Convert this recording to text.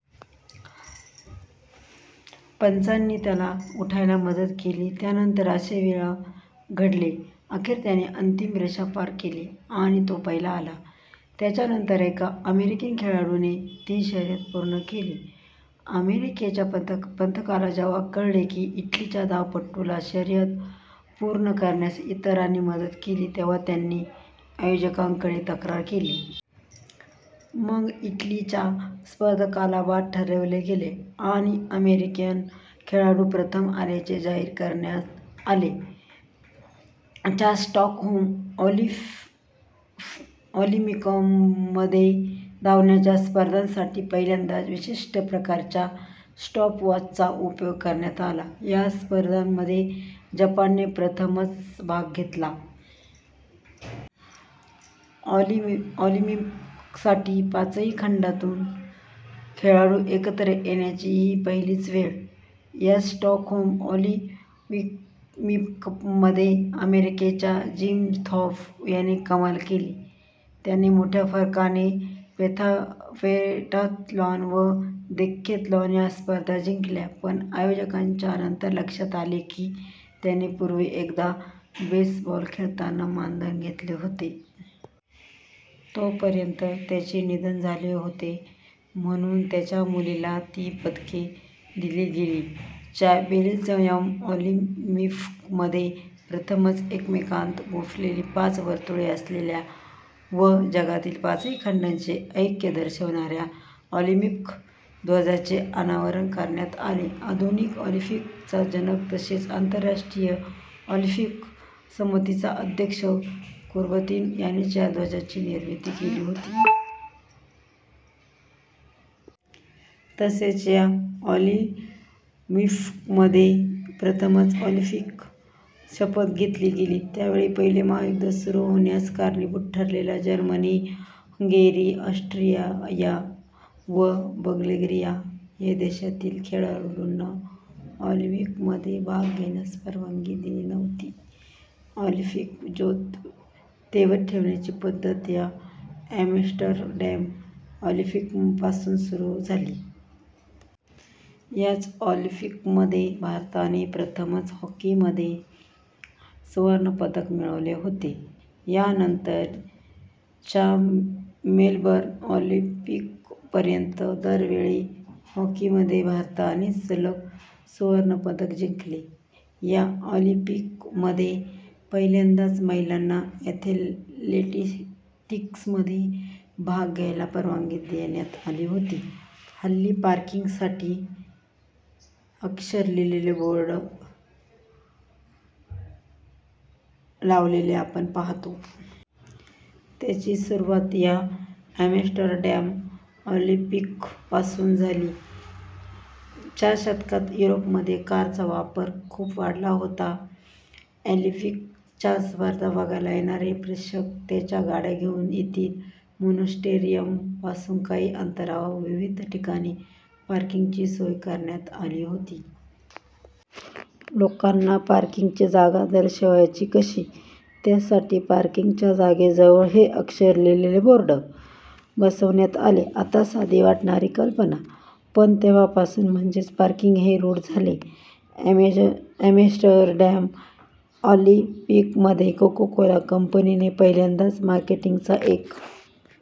पंचांनी त्याला उठायला मदत केली. त्यानंतर असे वेळा घडले. अखेर त्याने अंतिम रेषा पार केली, आणि तो पहिला आला. त्याच्या नंतर एका अमेरिकन खेळाडूने ती शर्यत पूर्ण केली. अमेरिकेच्या पथकाला जेव्हा कळले की, इटलीच्या धावपटूला शर्यत पूर्ण करण्यास इतरांनी मदत केली, तेव्हा त्यांनी आयोजकांकडे तक्रार केली. मग इटलीच्या स्पर्धकाला बाद ठरवले गेले आणि अमेरिकन खेळाडू प्रथम आल्याचे जाहीर करण्यात आले. च्या स्टॉकहोम ऑलिम्पिकमध्ये धावण्याच्या स्पर्धांसाठी पहिल्यांदाच विशिष्ट प्रकारच्या स्टॉप वॉचचा उपयोग करण्यात आला. या स्पर्धांमध्ये जपानने प्रथमच भाग घेतला. ऑलिम्पिकसाठी पाचही खंडांतून खेळाडू एकत्र येण्याची ही पहिलीच वेळ! याच स्टॉकहोम ऑलिम्पिकमध्ये अमेरिकेच्या जिम थॉर्प याने कमाल केली. त्याने मोठ्या फरकाने पेंटाथलॉन व डिकेथलॉन या स्पर्धा जिंकल्या. पण आयोजकांच्या नंतर लक्षात आले की, त्याने पूर्वी एकदा बेसबॉल खेळताना मानधन घेतले होते. तोपर्यंत त्याचे निधन झाले होते, म्हणून त्याच्या मुलीला ती पदके दिली गेली. च्या बेल्जियम ऑलिम्पिकमध्ये प्रथमच एकमेकांत गुंफलेली पाच वर्तुळे असलेल्या व जगातील पाचही खंडांचे ऐक्य दर्शवणाऱ्या ऑलिम्पिक ध्वजाचे अनावरण करण्यात आले. आधुनिक ऑलिम्पिकचा जनक, तसेच आंतरराष्ट्रीय ऑलिम्पिक समितीचा अध्यक्ष कुबर्तीन यानेच या ध्वजाची निर्मिती केली होती. तसेच या ऑलिम्पिकमध्ये प्रथमच ऑलिम्पिक-शपथ घेतली गेली. त्यावेळी पहिले महायुद्ध सुरू होण्यास कारणीभूत ठरलेल्या जर्मनी, हंगेरी, ऑस्ट्रिया व बल्गेरिया या देशांतील खेळाडूंना ऑलिम्पिकमध्ये भाग घेण्यास परवानगी दिली नव्हती. ऑलिम्पिक ज्योत तेवत ठेवण्याची पद्धत च्या ॲम्स्टरडॅम ऑलिम्पिकपासून सुरू झाली. याच ऑलिम्पिकमध्ये भारताने प्रथमच हॉकीमध्ये सुवर्णपदक मिळवले होते. या नंतर च्या मेलबर्न ऑलिम्पिकपर्यंत दर वेळी हॉकीमध्ये भारतानेच सलग सुवर्णपदक जिंकले. या ऑलिम्पिकमध्ये पहिल्यांदाच महिलांना ॲथलेटिक्समध्ये भाग घ्यायला परवानगी देण्यात आली होती. हल्ली पार्किंगसाठी '' अक्षर लिहिलेले बोर्ड लावलेले आपण पाहतो. त्याची सुरुवात या ॲम्स्टरडॅम ऑलिम्पिकपासून झाली. च्या दशकात युरोपमध्ये कारचा वापर खूप वाढला होता. ऑलिम्पिकच्या स्पर्धा बघायला येणारे प्रेक्षक त्यांच्या गाड्या घेऊन येतील, म्हणून स्टेडियमपासून काही अंतरावर विविध ठिकाणी पार्किंगची सोय करण्यात आली होती. लोकांना पार्किंगची जागा दर्शवायची कशी? त्यासाठी पार्किंगच्या जागेजवळ '' हे अक्षर लिहिलेले बोर्ड बसवण्यात आले. आता साधी वाटणारी कल्पना, पण तेव्हापासून '' म्हणजे पार्किंग, हे रूढ झाले. ॲम्स्टरडॅम ऑलिम्पिकमध्ये कोकाकोला कंपनीने पहिल्यांदाच मार्केटिंगचा एक